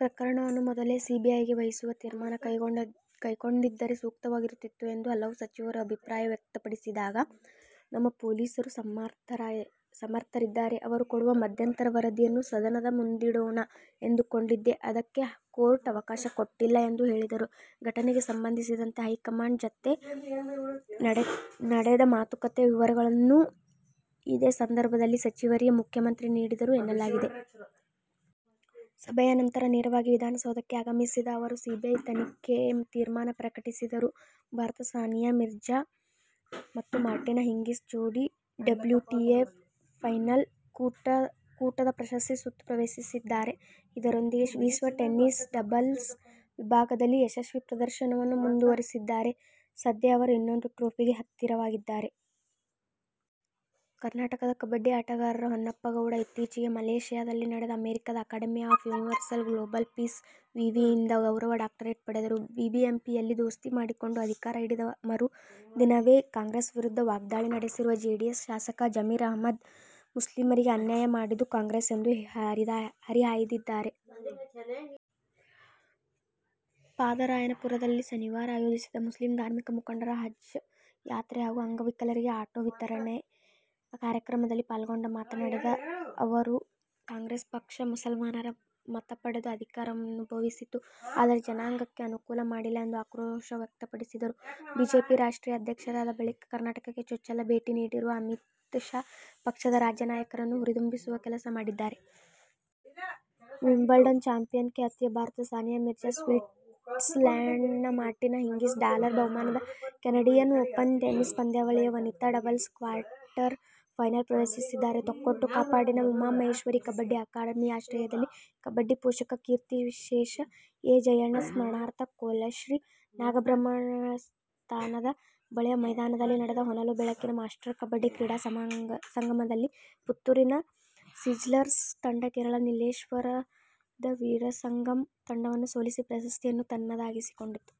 ಪ್ರಕರಣವನ್ನು ಮೊದಲೇ ಸಿಬಿಐಗೆ ವಹಿಸುವ ತೀರ್ಮಾನ ಕೈಗೊಂಡಿದ್ದರೆ ಸೂಕ್ತವಾಗಿರುತ್ತಿತ್ತು ಎಂದು ಹಲವು ಸಚಿವರು ಅಭಿಪ್ರಾಯ ವ್ಯಕ್ತಪಡಿದಾಗ, ನಮ್ಮ ಪೊಲೀಸರೂ ಸಮರ್ಥರಿದ್ದಾರೆ. ಅವರು ಕೊಡುವ ಮಧ್ಯಂತರ ವರದಿಯನ್ನು ಸದನದ ಮುಂದಿಡೋಣ ಎಂದುಕೊಂಡಿದ್ದೆ. ಅದಕ್ಕೆ ಕೋರ್ಟ್ ಅವಕಾಶ ಕೊಟ್ಟಿಲ್ಲ ಎಂದು ಹೇಳಿದರು. ಘಟನೆಗೆ ಸಂಬಂಧಿಸಿದಂತೆ ಹೈಕಮಾಂಡ್ ಜತೆ ನಡೆದ ಮಾತುಕತೆಯ ವಿವರಗಳನ್ನೂ ಇದೇ ಸಂದರ್ಭದಲ್ಲಿ ಸಚಿವರಿಗೆ ಮುಖ್ಯಮಂತ್ರಿ ನೀಡಿದರು ಎನ್ನಲಾಗಿದೆ. ಸಭೆಯ ನಂತರ ನೇರವಾಗಿ ವಿಧಾನಸೌಧಕ್ಕೆ ಆಗಮಿಸಿದ ಅವರು ಸಿಬಿಐ ತನಿಖೆ ತೀರ್ಮಾನ ಪ್ರಕಟಿಸಿದರು. ಭಾರತದ ಸಾನಿಯಾ ಮಿರ್ಜಾ ಮತ್ತು ಮಾರ್ಟಿನಾ ಹಿಂಗಿಸ್ ಜೋಡಿ ಡಬ್ಲ್ಯೂಟಿಎ ಫೈನಲ್ ಕೂಟದ ಪ್ರಶಸ್ತಿ ಸುತ್ತು ಪ್ರವೇಶಿಸಿದ್ದಾರೆ. ಇದರೊಂದಿಗೆ ವಿಶ್ವ ಟೆನ್ನಿಸ್ನ ಡಬಲ್ಸ್ ವಿಭಾಗದಲ್ಲಿ ಯಶಸ್ವಿ ಪ್ರದರ್ಶನವನ್ನು ಮುಂದುವರಿಸಿದ್ದಾರೆ. ಸದ್ಯ ಅವರು ಇನ್ನೊಂದು ಟ್ರೋಫಿಗೆ ಹತ್ತಿರವಾಗಿದ್ದಾರೆ. ಕರ್ನಾಟಕದ ಕಬಡ್ಡಿ ಆಟಗಾರ ಹೊನ್ನಪ್ಪ ಗೌಡ ಇತ್ತೀಚಿಗೆ ಮಲೇಶ್ಯಾದಲ್ಲಿ ನಡೆದ ಅಮೆರಿಕದ "Academy of Universal Global Peace' ವಿವಿಯಿಂದ ಗೌರವ ಡಾಕ್ಟರೇಟ್ ಪಡೆದರು. ಬಿಬಿಎಂಪಿಯಲ್ಲಿ ದೋಸ್ತಿ ಮಾಡಿಕೊಂಡು ಅಧಿಕಾರ ಹಿಡಿದ ಮರು ದಿನವೇ ಕಾಂಗ್ರೆಸ್ ವಿರುದ್ಧ ವಾಗ್ಧಾಳಿ ನಡೆಸಿರುವ ಜೆಡಿಎಸ್ ಶಾಸಕ ಜಮೀರ್ ಅಹಮದ್, ಮುಸ್ಲಿಮರಿಗೆ ಅನ್ಯಾಯ ಮಾಡಿದ್ದು ಕಾಂಗ್ರೆಸ್ ಎಂದು ಹರಿಹಾಯ್ದಿದ್ದಾರೆ. ಪಾದರಾಯನಪುರದಲ್ಲಿ ಶನಿವಾರ ಆಯೋಜಿಸಿದ್ದ ಮುಸ್ಲಿಂ ಧಾರ್ಮಿಕ ಮುಖಂಡರ ಹಜ್ ಯಾತ್ರೆ ಹಾಗೂ ಅಂಗವಿಕಲರಿಗೆ ಆಟೋ ವಿತರಣೆ ಕಾರ್ಯಕ್ರಮದಲ್ಲಿ ಪಾಲ್ಗೊಂಡು ಮಾತನಾಡಿದ ಅವರು, ಕಾಂಗ್ರೆಸ್ ಪಕ್ಷ ಮುಸಲ್ಮಾನರ ಮತ ಪಡೆದು ಅಧಿಕಾರ ಅನುಭವಿಸಿತು. ಆದರೆ, ಜನಾಂಗಕ್ಕೆ ಅನುಕೂಲ ಮಾಡಿಲ್ಲ ಎಂದು ಆಕ್ರೋಶ ವ್ಯಕ್ತಪಡಿಸಿದರು. ಬಿಜೆಪಿ ರಾಷ್ಟ್ರೀಯ ಅಧ್ಯಕ್ಷರಾದ ಬಳಿಕ ಕರ್ನಾಟಕಕ್ಕೆ ಚೊಚ್ಚಲ ಭೇಟಿ ನೀಡಿರುವ ಅಮಿತ್ ಶಾ, ಪಕ್ಷದ ರಾಜ್ಯ ನಾಯಕರನ್ನು ಹುರಿದುಂಬಿಸುವ ಕೆಲಸ ಮಾಡಿದ್ದಾರೆ. ವಿಂಬಲ್ಡನ್ ಚಾಂಪಿಯನ್ ಖ್ಯಾತಿಯ ಭಾರತದ ಸಾನಿಯಾ ಮಿರ್ಜಾ-ಸ್ವಿಟ್ಸರ್ಲ್ಯಾಂಡಿನ ಮಾರ್ಟಿನಾ ಹಿಂಗಿಸ್ ಡಾಲರ್ ಬಹುಮಾನದ ಕೆನಡಿಯನ್ ಓಪನ್ ಟೆನಿಸ್ ಪಂದ್ಯಾವಳಿಯ ವನಿತಾ ಡಬಲ್ಸ್ ಕ್ವಾರ್ಟರ್ ಫೈನಲ್ ಪ್ರವೇಶಿಸಿದ್ದಾರೆ. ತೊಕ್ಕೊಟ್ಟು ಕಾಪಿಕಾಡಿನ ಉಮಾ ಮಹೇಶ್ವರೀ ಕಬಡ್ಡಿ ಅಕಾಡೆಮಿಯ ಆಶ್ರಯದಲ್ಲಿ ಕಬಡ್ಡಿ ಪೋಷಕ ಕೀರ್ತಿಶೇಷ ಎ. ಜಯಣ್ಣ ಸ್ಮರಣಾರ್ಥ ಕೊಲ್ಯಶ್ರೀ ನಾಗಬ್ರಹ್ಮಸ್ಥಾನದ ಬಳಿಯ ಮೈದಾನದಲ್ಲಿ ನಡೆದ ಹೊನಲು ಬೆಳಕಿನ ಮಾಸ್ಟರ್ ಕಬಡ್ಡಿ ಕ್ರೀಡಾ ಸಂಗಮದಲ್ಲಿ ಪುತ್ತೂರಿನ ಸಿಝ್ಲರ್ಸ್ ತಂಡ ಕೇರಳ ನೀಲೇಶ್ವರದ ವೀರಸಂಘಮ್ ತಂಡವನ್ನು ಸೋಲಿಸಿ ಪ್ರಶಸ್ತಿಯನ್ನು ತನ್ನದಾಗಿಸಿಕೊಂಡಿತು.